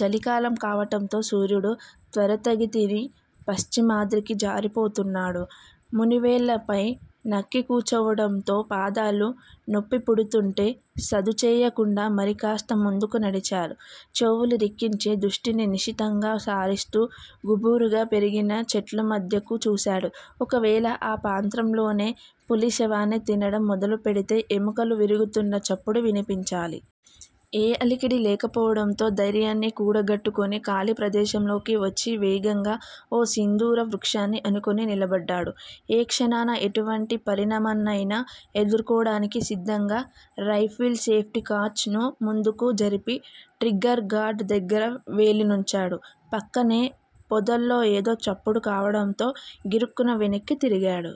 చలికాలం కావటంతో సూర్యుడు త్వరితగతిని పశ్చిమాద్రికి జారిపోతున్నాడు. మునివేళ్ళపై నక్కికూచోవడంతో పాదాలు నొప్పిపుడుతుంటే సదుచేయకుండా మరి కాస్త ముందుకు నడిచాడు. చెవులు రిక్కించి, దృష్టిని నిశితంగా సారిస్తూ గుబురుగా పెరిగిన చెట్లమధ్యకు చూశాడు. ఒకవేళ ఆ ప్రాంతంలోనే పులి శవాన్ని తినడం మొదలుపెడితే ఎముకలు విరుగుతున్న చప్పుడు వినిపించాలి. ఏ అలికిడీ లేకపోవడంతో, దైర్యాన్ని కూడగట్టుకుని ఖాళీ ప్రదేశంలోకి వచ్చి వేగంగా ఓ సింధూర వృక్షాన్ని ఆనుకుని నిలబడ్డాడు. ఏ క్షణాన ఎటువంటి పరిణామాన్నయినా ఎదుర్కోడానికి సిద్ధంగా రైఫిల్ సేప్టీ కాచ్ ను ముందుకు జరిపి ట్రిగ్గర్ గార్డు దగ్గర వేలినుంచాడు. పక్కనే పొదల్లో ఏదో చప్పుడు కావడంతో గిరుక్కున వెనక్కి తిరిగాడు.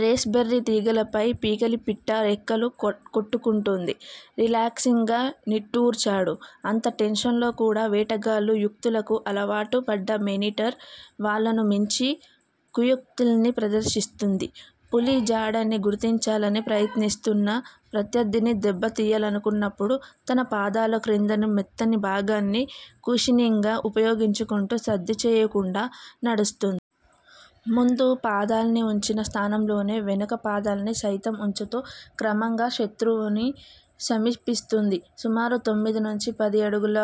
రేస్ బెర్రీ తీగలపై పికిలిపిట్ట రెక్కలు కొట్టుకుంటోంది. రిలాక్సింగ్ గా నిట్టూర్చాడు. అంత టెన్షన్ లో కూడా! వేటగాళ్ళ యుక్తులకు అలవాటుపడ్డ మేనీటర్ వాళ్ళను మించి కుయుక్తుల్ని ప్రదర్శిస్తుంది. పులి జాడని గుర్తించాలని ప్రయత్నిస్తున్న ప్రత్యర్థిని దెబ్బ తీయాలనుకున్నపుడు తన పాదాల క్రిందని మెత్తని భాగాన్ని కుషనింగ్ గా ఉపయోగించుకుంటూ సద్దుచేయకుండా నడుస్తుంది. ముందు పాదాల్ని ఉంచిన స్థానంలోనే వెనక పాదాల్ని సైతం ఉంచుతూ క్రమంగా శతృవును సమీపిస్తుంది. సుమారు తొమ్మిది నుంచీ పది అడుగుల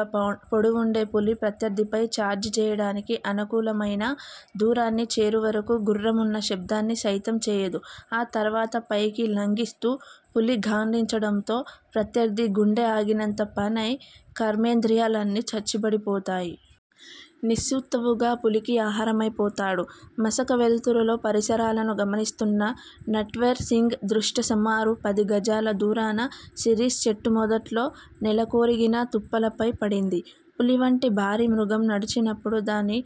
పొడవుండే పులి ప్రత్యర్ధిపై ఛార్జిచేయడానికి అనుకూలమైన దూరాన్ని చేరేవరకూ గుర్రుమన్న శబ్దాన్ని సైతం చేయదు. ఆ తర్వాత పైకి లంఘింస్తూ పులి గాండ్రించడంతో ప్రత్యర్ధి గుండె ఆగినంతపనై కర్మేంద్రియాలన్నీ చచ్చుపడిపోతాయి. నిస్సత్తువగా పులికి ఆహారమైపోతాడు. మసక వెలుతురులో పరిసరాలను గమనిస్తున్న నట్వర్ సింగ్ దృష్టి సుమారు పది గజాల దూరాన సిరీస్ చెట్టుమొదట్లో నేలకొరిగిన తుప్పలపై పడింది. పులివంటి భారీ మృగం నడిచినపుడు దాని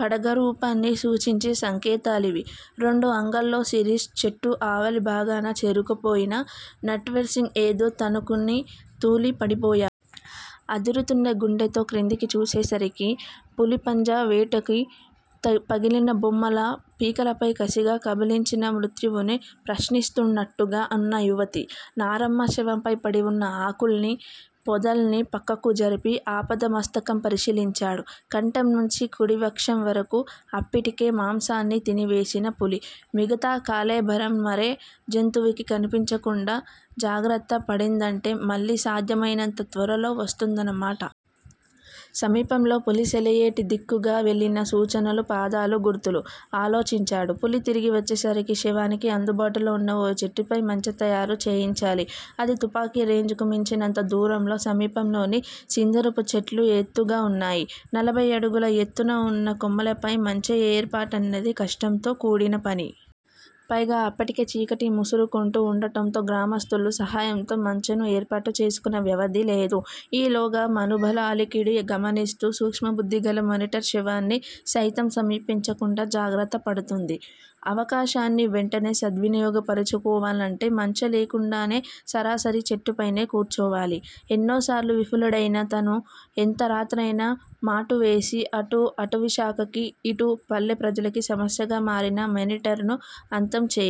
పడఘర్పున్ని సూచించే సంకేతాలవి. రెండు అంగల్లో సిరీస్ చెట్టు ఆవలి భాగాన చేరుకోబోయిన నట్వర్ సింగ్ ఏదో తన్నుకుని తూలి పడబోయాడు. అదురుతున్న గుండెతో క్రిందికి చూసేసరికి__ పులి పంజా వేటుకి పగిలిన బొమ్మలా పీలికలై కసిగా కబళించిన మృత్యువును ప్రశ్నిస్తున్నట్టుగా ఉన్న యువతి. నారమ్మ శవంపై పడి వున్న ఆకుల్ని, పొదల్ని పక్కకు జరిపి ఆపాదమస్తకం పరిశీలించాడు. కంఠం నుంచి కుడి వక్షం వరకూ అప్పటికే మాంసాన్ని తిని వేసిన పులి_మిగతా కళేబరం మరే జంతువుకీ కనిపించకుండా జాగ్రత్త పడిందంటే మళ్ళీ సాధ్యమైనంత త్వరలో వస్తుందన్నమాట. సమీపంలో పులి సెలయేటి దిక్కుగా వెళ్ళిన సూచనగా పాదాల గుర్తులు. ఆలోచించాడు. పులి తిరిగి వచ్చేసరికి శవానికి అందుబాటులో వున్న ఓ చెట్టుపై మంచె తయారు చేయించాలి _అదీ తుపాకి రేంజ్ కు మించినంత దూరంలో సమీపంలోని సింధూరపు చెట్లు ఎత్తుగా వున్నాయి. నలభై అడుగుల యెత్తున ఉన్న కొమ్మలపై మంచె ఏర్పాటున్నది కష్టంతో కూడినపని. పైగా అప్పటికే చీకటి ముసురుకుంటూ ఉండటంతో గ్రామస్థుల సహాయంతో మంచెను ఏర్పాటు చేసుకునే వ్యవధి లేదు. ఈలోగా మనుభుల అలికిడి గమనిస్తే సూక్ష్మబుద్ధిగల మేనీటర్ శవాన్ని సైతం సమీపించకుండా జాగ్రత్త పడుతుంది. అవకాశాన్ని వెంటనే సద్వినియోగ పరచుకోవాలంటే మంచె లేకుండానే సరాసరి చెట్టుపయినే కూచోవాలి. ఎన్నోసార్లు విఫలుడైన తను ఎంత రాత్రయినా మాటువేసి అటు అటవీశాఖకి, ఇటు పల్లె ప్రజలకి సమస్యగా మారిన మేనీటర్ ను అంతం చేయాలి.